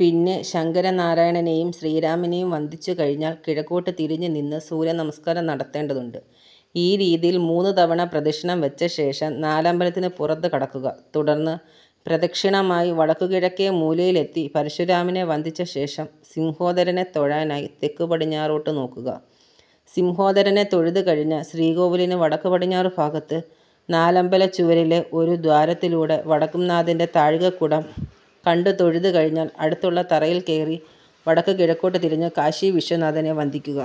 പിന്നെ ശങ്കരനാരായണനെയും ശ്രീരാമനെയും വന്ദിച്ചുകഴിഞ്ഞാൽ കിഴക്കോട്ട് തിരിഞ്ഞുനിന്ന് സൂര്യനമസ്കാരം നടത്തേണ്ടതുണ്ട്. ഈ രീതിയിൽ മൂന്നുതവണ പ്രദക്ഷിണം വച്ചശേഷം നാലമ്പലത്തിന് പുറത്ത് കടക്കുക. തുടർന്ന് പ്രദക്ഷിണമായി വടക്കുകിഴക്കേമൂലയിലെത്തി പരശുരാമനെ വന്ദിച്ചശേഷം സിംഹോദരനെ തൊഴാനായി തെക്കുപടിഞ്ഞാട്ട് നടക്കുക. സിംഹോദരനെ തൊഴുതുകഴിഞ്ഞാൽ ശ്രീകോവിലിന് വടക്കുപടിഞ്ഞാറുഭാഗത്ത് നാലമ്പലച്ചുവരിലെ ഒരു ദ്വാരത്തിലൂടെ വടക്കുംനാഥന്റെ താഴികക്കുടം കണ്ടുതൊഴുതുകഴിഞ്ഞാൽ അടുത്തുള്ള തറയിൽ കയറി വടക്കുകിഴക്കോട്ട് തിരിഞ്ഞ് കാശീവിശ്വനാഥനെ വന്ദിയ്ക്കുക.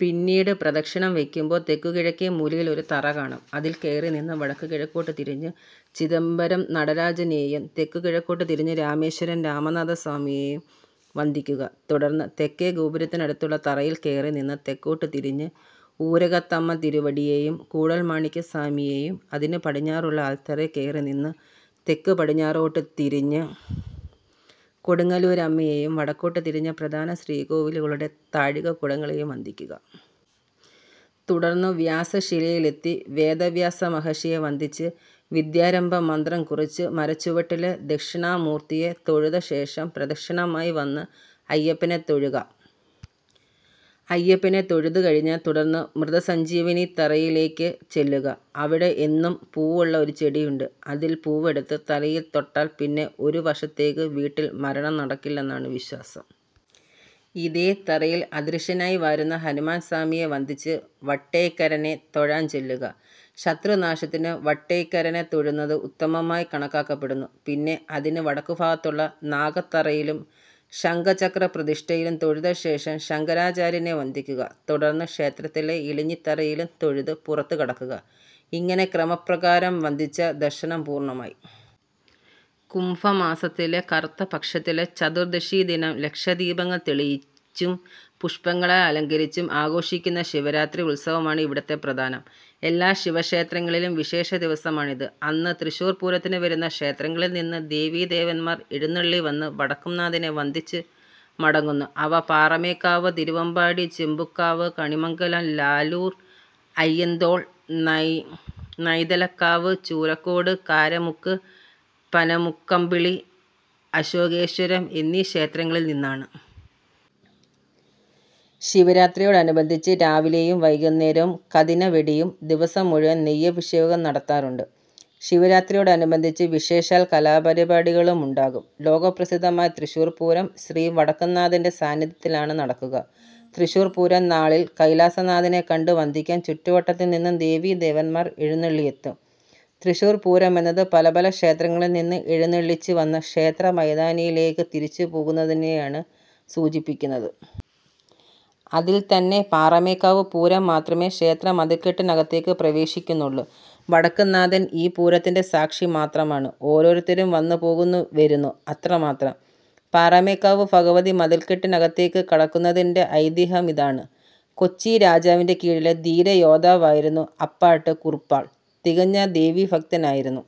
പിന്നീട് പ്രദക്ഷിണം വയ്ക്കുമ്പോൾ തെക്കുകിഴക്കേമൂലയിൽ ഒരു തറ കാണാം. അതിൽ കയറിനിന്ന് വടക്കുകിഴക്കോട്ട് തിരിഞ്ഞ് ചിദംബരനടരാജനെയും തെക്കുകിഴക്കോട്ട് തിരിഞ്ഞ് രാമേശ്വരം രാമനാഥസ്വാമിയെയും വന്ദിയ്ക്കുക. തുടർന്ന് തെക്കേ ഗോപുരത്തിനടുത്തുള്ള തറയിൽ കയറിനിന്ന് തെക്കോട്ട് തിരിഞ്ഞ് ഊരകത്തമ്മത്തിരുവടിയെയും കൂടൽമാണിക്യസ്വാമിയെയും അതിന് പടിഞ്ഞാറുള്ള ആൽത്തറയിൽ കയറിനിന്ന് തെക്കുപടിഞ്ഞാറോട്ട് തിരിഞ്ഞ് കൊടുങ്ങല്ലൂരമ്മയെയും വടക്കോട്ട് തിരിഞ്ഞ് പ്രധാനശ്രീകോവിലുകളുടെ താഴികക്കുടങ്ങളെയും വന്ദിയ്ക്കുക. തുടർന്ന് വ്യാസശിലയിലെത്തി വേദവ്യാസമഹർഷിയെ വന്ദിച്ച് വിദ്യാരംഭമന്ത്രം കുറിച്ച് മരച്ചുവട്ടിലെ ദക്ഷിണാമൂർത്തിയെ തൊഴുതശേഷം പ്രദക്ഷിണമായി വന്ന് അയ്യപ്പനെ തൊഴുക. അയ്യപ്പനെ തൊഴുതുകഴിഞ്ഞാൽ തുടർന്ന് മൃതസഞ്ജീവനിത്തറയിലേയ്ക്ക് ചെല്ലുക. അവിടെ എന്നും പൂവുള്ള ഒരു ചെടിയുണ്ട്. അതിലെ പൂവെടുത്ത് തലയിൽ തൊട്ടാൽ പിന്നെ ഒരു വർഷത്തേയ്ക്ക് വീട്ടിൽ മരണം നടക്കില്ലെന്നാണ് വിശ്വാസം. ഇതേ തറയിൽ അദൃശ്യനായി വാഴുന്ന ഹനുമാൻ സ്വാമിയെ വന്ദിച്ച് വേട്ടേയ്ക്കരനെ തൊഴാൻ ചെല്ലുക. ശത്രുനാശത്തിന് വേട്ടേയ്ക്കരനെ തൊഴുന്നത് ഉത്തമമായി കണക്കാക്കപ്പെടുന്നു. പിന്നെ അതിന് വടക്കുഭാഗത്തുള്ള നാഗത്തറയിലും ശംഖചക്രപ്രതിഷ്ഠയിലും തൊഴുതശേഷം ശങ്കരാചാര്യരെ വന്ദിയ്ക്കുക. തുടർന്ന് ക്ഷേത്രത്തിലെ ഇലഞ്ഞിത്തറയിലും തൊഴുത് പുറത്ത് കടക്കുക. ഇങ്ങനെ ക്രമപ്രകാരം വന്ദിച്ചാൽ ദർശനം പൂർണമായി. കുംഭമാസത്തിലെ കറുത്തപക്ഷത്തിലെ ചതുർദ്ദശിദിവസം ലക്ഷദീപങ്ങൾ തെളിയിച്ചും പുഷ്പങ്ങളാൽ അലങ്കരിച്ചും ആഘോഷിയ്ക്കുന്ന ശിവരാത്രി ഉത്സവമാണ് ഇവിടെ പ്രധാനം. എല്ലാ ശിവക്ഷേത്രങ്ങളിലും വിശേഷദിവസമാണിത്. അന്ന് തൃശ്ശൂർ പൂരത്തിനു വരുന്ന ക്ഷേത്രങ്ങളിൽ നിന്ന് ദേവീദേവന്മാർ എഴുന്നള്ളിവന്ന് വടക്കുംനാഥനെ വന്ദിച്ച് മടങ്ങുന്നു. അവ പാറമേക്കാവ്, തിരുവമ്പാടി, ചെമ്പുക്കാവ്, കണിമംഗലം, ലാലൂർ, അയ്യന്തോൾ, നൈതലക്കാവ്, ചൂരക്കോട്, കാരമുക്ക്, പനമുക്കമ്പിള്ളി, അശോകേശ്വരം എന്നീ ക്ഷേത്രങ്ങളിൽ നിന്നാണ്. ശിവരാത്രിയോടനുബന്ധിച്ച് രാവിലെയും വൈകുന്നേരവും കതിനവെടിയും ദിവസം മുഴുവൻ നെയ്യഭിഷേകവും നടത്താറുണ്ട്. ശിവരാത്രിയോടനുബന്ധിച്ച് വിശേഷാൽ കലാപരിപാടികളുമുണ്ടാകും. ലോക പ്രസിദ്ധമായ തൃശ്ശൂർ പൂരം ശ്രീ വടക്കുംനാഥന്റെസാനിധ്യത്തിലാണ് നടക്കുക. തൃശ്ശൂർ പൂരം നാളിൽ കൈലാസനാഥനെ കണ്ട് വന്ദിക്കാൻ ചുറ്റുവട്ടത്തിൽനിന്നു ദേവീദേവന്മാർ എഴുന്നള്ളിയെത്തും. തൃശ്ശൂർ പൂരമെന്നത് പല പല ക്ഷേത്രങ്ങളിൽ നിന്ന് എഴുന്നെള്ളിച്ച് വന്ന ക്ഷേത്രമൈതാനിയിലേക്ക് തിരിച്ചുപോകുന്നതിനെയാണ് സൂചിപ്പിക്കുന്നത്. അതിൽ തന്നെ പാറമേക്കാവ് പൂരം മാത്രമേ ക്ഷേത്രമതിൽക്കെട്ടിനകത്തേക്ക് പ്രവേശിക്കുന്നുള്ളൂ. വടക്കുന്നാഥൻ ഈ പൂരത്തിന്റെ സാക്ഷി മാത്രമാണ്. ഓരോരുത്തരും വന്നുപോകുന്നു, വരുന്നു. അത്രമാത്രം. പാറമേക്കാവ് ഭഗവതി മതിൽക്കെട്ടിനകത്തേക്ക് കടക്കുന്നതിന്റെ ഐതിഹ്യമിതാണ്: കൊച്ചിരാജാവിന്റെ കീഴിലെ ധീരയോദ്ധാവായിരുന്ന അപ്പാട്ട് കുറുപ്പാൾ തികഞ്ഞ ദേവീഭക്തനായിരുന്നു.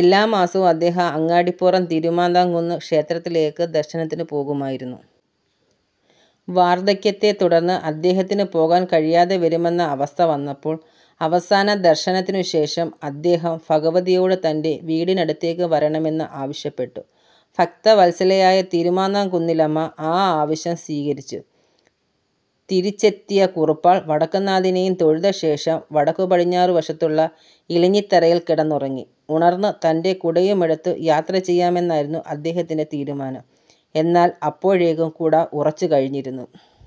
എല്ലാമാസവും അദ്ദേഹം അങ്ങാടിപ്പുറം തിരുമാന്ധാംകുന്ന് ക്ഷേത്രത്തിലേയ്ക്ക് ദർശനത്തിനുപോകുമായിരുന്നു. വാർദ്ധക്യത്തെത്തുടർന്ന് അദ്ദേഹത്തിനുപോകാൻ കഴിയാതെ വരുമെന്ന അവസ്ഥ വന്നപ്പോൾ അവസാനദർശനത്തിനുശേഷം അദ്ദേഹം ഭഗവതിയോട് തന്റെ വീടിനടുത്തേക്ക് വരണമെന്ന് ആവശ്യപ്പെട്ടു. ഭക്തവത്സലയായ തിരുമാന്ധാംകുന്നിലമ്മ ആ ആവശ്യം സ്വീകരിച്ചു. തിരിച്ചെത്തിയ കുറുപ്പാൾ വടക്കുന്നാഥനെയും തൊഴുതശേഷം വടക്കുപടിഞ്ഞാറുവശത്തുള്ള ഇലഞ്ഞിത്തറയിൽ കിടന്നുറങ്ങി. ഉണർന്ന് തന്റെ കുടയുമെടുത്ത് യാത്രചെയ്യാമെന്നായിരുന്നു അദ്ദേഹത്തിന്റെ തീരുമാനം. എന്നാൽ അപ്പോഴേക്കും കുട ഉറച്ചുകഴിഞ്ഞിരുന്നു.